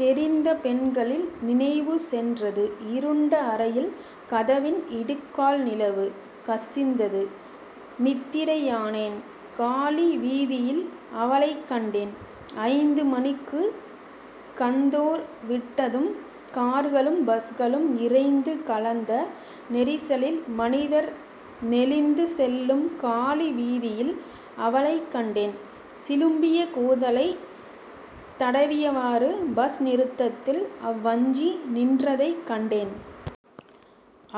தெரிந்த பெண்களில் நினைவு சென்றது. இருண்ட அறையில்। கதவின் இடுக்கால் நிலவு கசிந்தது நித்திரை யானேன். காலி வீதியில் அவளைக்கண்டேன் ஐந்து மனிக்குக் கந்தோர் விட்டதும் கார்களும் பஸ்களும் இரைந்து கலந்த நெரிசலில் மனிதர் நெளிந்து செல்லும் காலி வீதியில் அவளைக் கண்டேன். சிலும்பிய கூந்தலைத் தடவியவாறு பஸ்நிறுத்தத்தில் அவ்வஞ்சி நின்றதைக் கண்டேன்.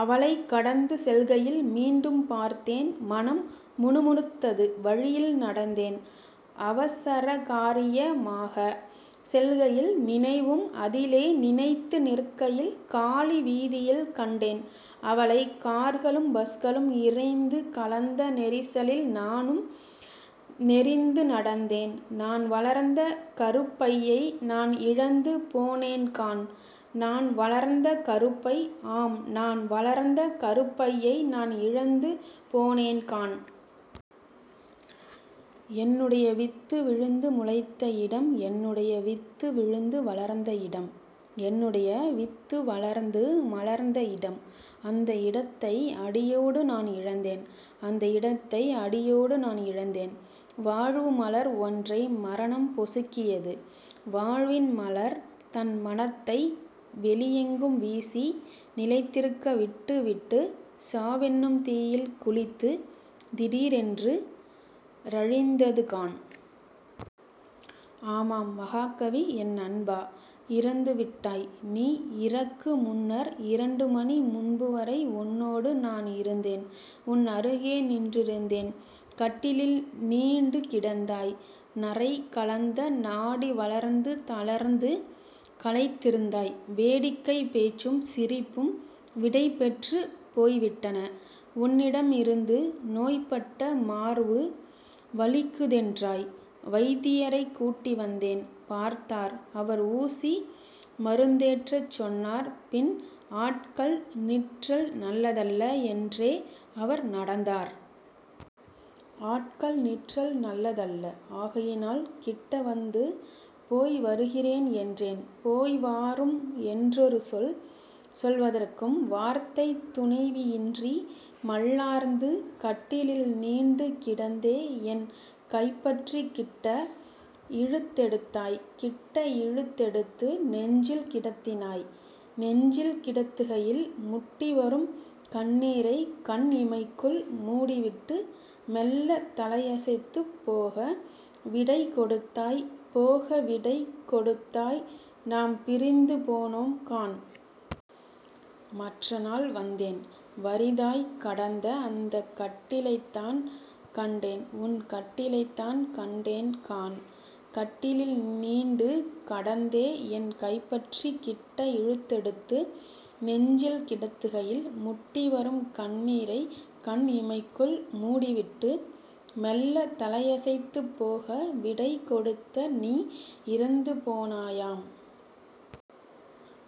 அவளைக் கடந்து செல்கையில் மீண்டும் பார்த்தேன் மனம் முணுமுணுத்தது. வழியில் நடந்தேன். அவசரகாரிய மாகச் செல்கையில் நினைவும் அதிலே நினைத்து நிற்கையில் காலி வீதியில் கண்டேன் அவளை கார்களும் பஸ்களும் இரைந்து கலந்த நெரிசலில் நானும் நெரிந்துநடந்தேன் நான்வளர்ந்த கருப்பையை நான் இழந்து போனேன்காண்... நான் வளர்ந்த கருப்பை, ஆம் நான் வளர்ந்த கருப்பையை நான் இழந்து போனேன்காண்... என்னுடைய வித்து விழுந்து முளைத்த இடம் என்னுடைய வித்து விழுந்து வளர்ந்த இடம் என்னுடைய வித்து வளர்ந்து மலர்ந்த இடம் அந்த இடத்தை அடியோடு நான் இழந்தேன்... அந்த இடத்தை அடியோடு நான் இழந்தேன்... வாழ்வு மலர் ஒன்றை மரணம் பொசுக்கியது வாழ்வின் மலர், தன் மணத்தை வெளியெங்கும் வீசி நிலைத்திருக்க விட்டு விட்டுச் சாவென்னும் தீயில் குளித்துத் திடீரென் றழிந்ததுகாண். ஆமாம் மஹாகவி, என் அன்பா இறந்து விட்டாய் நீ இறக்கு முன்னர் இரண்டுமணி முன்புவரை உன்னோடு நான் இருந்தேன் உன் அருகே நின்றிருந்தேன்... கட்டிலில் நீண்டு கிடந்தாய் நரைகலந்த நாடி வளர்ந்து தளர்ந்து களைத்திருந்தாய் வேடிக்கைப் பேச்சும் சிரிப்பும் விடைபெற்றுப் போய்விட்டன உன்னிடம் இருந்து. நோய்ப்பட்ட மார்வு வலிக்குதென்றாய் வைத்தியரைக் கூட்டிவந்தேன் பார்த்தார் அவர், ஊசி மருந்தேற்றச்சொன்னார் பின் ஆட்கள் நிற்றல் நல்லதல்ல என்றே அவர் நடந்தார்... ஆட்கள் நிற்றல் நல்லதல்ல... ஆகையினால் கிட்டவந்து 'போய்வருகிறேன்' என்றேன் போய்வாரும் என்றொரு சொல் சொல்வதற்கும் வார்த்தைத் துணைவியின்றி மல்லார்ந்து கட்டிலில் நீண்டு கிடந்தே என் கைபற்றிக் கிட்ட இழுத்தெடுத்தாய் கிட்ட இழுத் தெடுத்து நெஞ்சில் கிடத்தினாய்... நெஞ்சில் கிடத்துகையில் முட்டிவரும் கண்ணீரைக் கண் இமைக்குள் மூடிவிட்டு மெல்லத் தலையசைத்துப் போக விடை கொடுத்தாய் போக விடை கொடுத்தாய் நாம் பிரிந்து போனோம் காண்... மற்ற நாள் வந்தேன் வறிதாய்க் கடந்த அந்தக் கட்டிலைத்தான் கண்டேன், உன் கட்டிலைத்தான் கண்டேன் காண்... கட்டிலில் நீண்டு கடந்தே என் கைபற்றிக் கிட்ட இழுத்தெடுத்து நெஞ்சில் கிடத்துகையில் முட்டிவரும் கண்ணீரைக் கண் இமைக்குள் மூடிவிட்டு மெல்லத் தலையசைத்துப் போக விடை கொடுத்த நீ இறந்து போனாயாம்...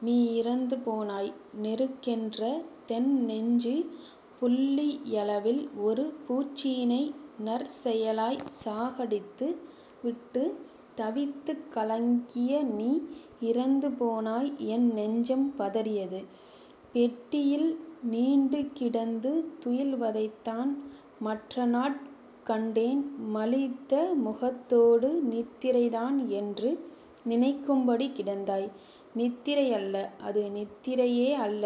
'நீ இறந்து போனாய் நெருக் கென்ற தென்நெஞ்சு' புள்ளியளவில் ஒரு பூச்சியினைத் தற்செயலாய்ச் சாகடித்து விட்டுத் தவித்துக் கலங்கிய நீ இறந்து போனாய் என் நெஞ்சம் பதறியது... பெட்டியிள் நீண்டு கிடந்து துயில்வதைத்தான் மற்றநாட் கண்டேன். மழித்த முகத்தோடு நித்திரைதான் என்று நினைக்கும்படி கிடந்தாய் நித்திரை அல்ல, அது நித்திரையே அல்ல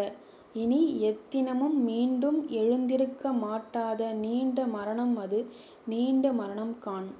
இனி எத்தினமும் மீண்டும் எழுந்திருக்க மாட்டாத நீண்ட மரணம் அது நீண்ட மரணம் காண்...